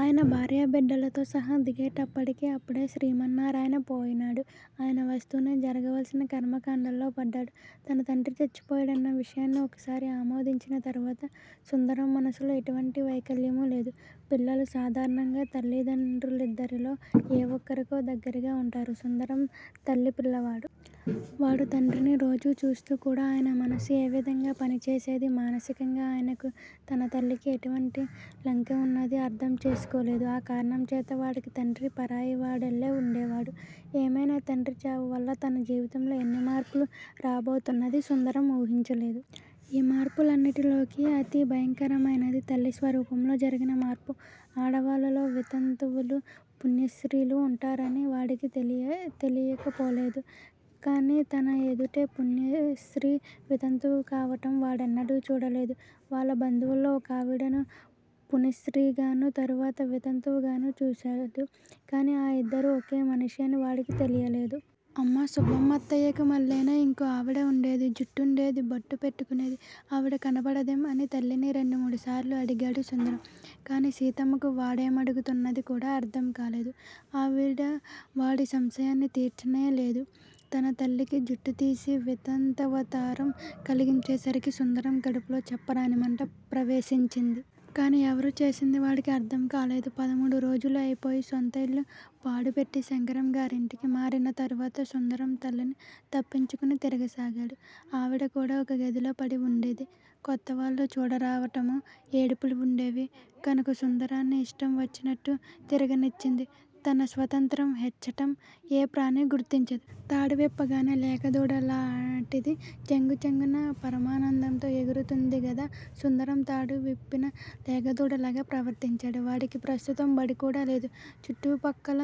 ఆయన భార్య బిడ్డలతోసహా దిగేట్టప్పటికి అప్పుడే శ్రీమన్నారాయణ పోయినాడు. ఆయన వస్తూనే జరగవలసిన కర్మకాండలో పడ్డాడు తన తండ్రి చచ్చిపోయాడన్న విషయాన్ని ఒకసారి ఆమోదించిన తరువాత సుందరం మనసులో ఎటువంటి వైకల్యమూ లేదు. పిల్లలు సాధారణంగా తల్లిదండ్రు లిద్దరిలో ఏ ఒక్కరికో దగ్గరిగా ఉంటారు. సుందరం తల్లి పిల్లవాడు. వాడు తండ్రిని రోజూ చూస్తూకూడా. ఆయన మనస్సు ఏ విధంగా పని చేసేదీ, మానసికంగా ఆయనకూ తన తల్లికీ ఎటువంటి లంకె ఉన్నదీ అర్డంచేసుకోలేదు. ఆ కారణంచేత వాడికి తండ్రి పరాయివాడల్లే ఉండేవాడు. ఏమైనా తండ్రి చావువల్ల తన జీవితంలో ఎన్ని మార్పులు రాబోతున్నదీ సుందరం ఊహించలేదు. ఈ మార్పు లన్నిటిలోకీ అతిభయంకరమైనది తల్లి స్వరూపంలో జరిగిన మార్పు. ఆడవాళ్ళలో వితంతువులూ, పునిస్రీలూ ఉంటారని వాడికి తెలియకపోలేదు. కాని తనఎదుటే పునిస్రీ వితంతువుకావటం వాడెన్నడూ చూడలేదు. వాళ్ళ బంధువుల్లో ఒకావిడను పునిస్రీగానూ, తరువాత వితంతువు గానూ, చూశాడు. కాని ఆ ఇద్దరూ ఒకే మనిషి అని వాడికి తెలియలేదు. అమ్మా. సుబ్బమ్మత్తయ్యకిమ్మల్లేనే ఇంకో ఆవిడ ఉండేదే? జుట్టుండేది. బొట్టు పెట్టుకునేది! ఆవిడ కనబడదేం? అని తల్లిని రెండు మూడు సార్లు అడిగాడు సుందరం. కాని సీతమ్మకు వాడే మడుగుతున్నదీ కూడా అర్ధంకాలేదు. ఆవిడ వాడి సంశయాన్ని తీర్చనేలేదు. తన తల్లికి జుట్టుతీసి విధవావతారం కలిగించేసరికి సుందరం కడుపులో చెప్పరానిమంట ప్రవేసించింది. కాని ఎవరు చేసిందీ వాడికి అర్డంకాలేదు. పదమూడురోజులూ అయిపోయి, సొంతఇల్లు పాడుపెట్టి శంకరంగారింటికి మారినతరువాత సుందరం తల్లిని తప్పించుకుని తిరగసాగాడు. ఆవిడకూడా ఒక గదిలో పడి వుండేది. కొత్తవాళ్ళు చూడరావటమూ. ఏడుపులూ ఉండేవి, కనుక సుందరాన్ని ఇష్టం వచ్చినట్టు తిరగనిచ్చింది. తన స్వాతంత్ర్యం హెచ్చటం ఏ ప్రాణి గుర్తించదు? తాడువిప్పగానే లేగదూడలాటిది చెంగుచెంగున పరమానందంతో ఎగురుతుందిగదా! సుందరం తాడు విప్పిన లేగదూడ లాగా ప్రవర్తించాడు. వాడికి ప్రస్తుతం బడికూడా లేదు. చుట్టుపక్కల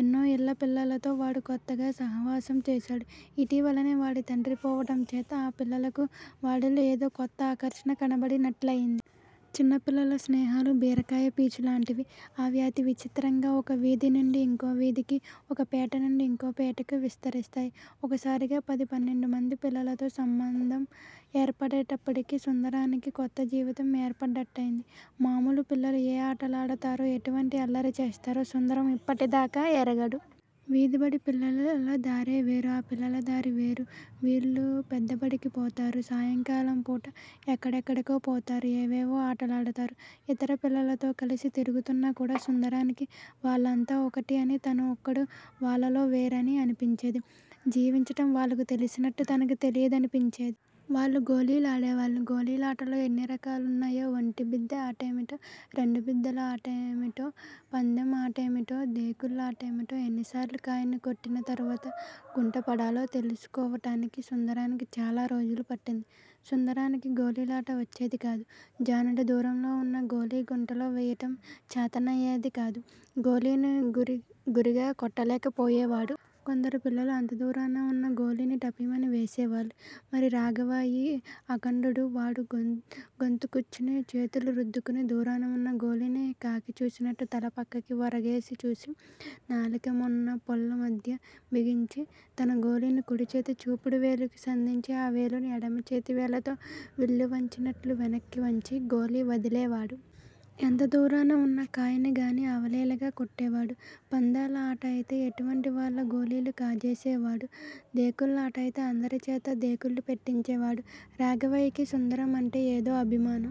ఎన్నోఇళ్ళ పిల్లలతో వాడు కొత్తగా సావాసం చేశాడు. ఇటీవలనే వాడి తండ్రి పోవటం చేత ఆ పిల్లలకు వాడిలో ఏదో కొత్త ఆకర్షణ కనబడినట్ట్లయింది. చిన్నపిల్లల స్నేహాలు బీరకాయ పీచులాంటివి. అవి అతి విచిత్రంగా ఒక వీధినుండి ఇంకో వీధికి. ఒక పేట నుండి ఇంకో పేటకూ విస్తరిస్తాయి. ఒక్కసారిగా పది పన్నెండు మంది పిల్లలతో సంబంధందం ఏర్పడేటప్పటికి సుందరానికి కొత్త జీవితం ఏర్పడ్డట్టయింది. మామూలు పిల్లలు ఏ ఆటలాడు తారో, ఎటువంటి అల్లరిచేస్తారో సుందరం ఇప్పటిదాకా ఎరగడు. వీధిబడి పిల్లల దారివేరు. ఈ పిల్లలదారి వేరు. వీళ్ళు పెద్దబడికి పోతారు. సాయంకాలంపూట ఎక్కడెక్కడికో పోతారు. ఏవేవో ఆటలాడతారు. ఇతర పిల్లలతో కలసి తిరుగుతున్నా కూడా సుందరానికి, వాళ్ళంతా ఒకటి అనీ, తను ఒక్కడూ వాళ్ళలో వేరనీ అనిపించేది. జీవించటం వాళ్ళకు తెలిసినట్టు తనకు తెలియదనిపించేది. వాళ్ళు గోళీలాడేవాళ్ళు. గోలీలాటలో ఎన్ని రకాలున్నాయో, ఒంటిబిద్దీ ఆటేమిటో, రెండుబిద్దీల ఆటఏమిటో, పందెం అంటేమిటో, దేకుళ్ళేమిటో, ఎన్నిసార్లు కాయను కొట్టినతరువాత గుంటపడాలో తెలుసుకోవడానికి సుందరానికి చాలా రోజులు పట్టింది. సుందరానికి గోలీలాట వచ్చేదికాదు. జానెడు దూరంలో ఉన్న గోలీ గుంటలో వెయ్యటం చాతనయ్యేదికాదు. గోలీని గురిగా కొట్టలేకపోయేవాడు. కొందరు పిల్లలు అంత దూరాన ఉన్న గోలీని ఠపీమని వేసేవాళ్ళు. మరీ రాఘవాయి అఖండుడు. వాడు గొంతుక్కూచుని, చేతులు రుద్దుకుని, దూరాన ఉన్న గోలీని కాకిచూసినట్టు తల పక్కకి ఒరగేసి చూసి, నాలిక మొన పళ్ళ మధ్య బిగించి, తన గోలీని కుడిచేతి చూపుడు వేలుకు సందించి ఆ వేలును ఎడమ చేతివేళ్ళతో విల్లువంచినట్లు వెనక్కి వంచి, గోలీ వదిలేవాడు. ఎంత దూరాన ఉన్న కాయనిగానీ అవలీలగా కొట్టేవాడు. పందాల అటఅయితే ఎటువంటివాళ్ళ గోలీలూ కాజేసివాడు. దేకుళ్ళాటయితే అందరిచేతా దేకుళ్ళుపెట్టించేవాడు. రాఘవాయికి సుందరమంటే ఏదో అభిమానం.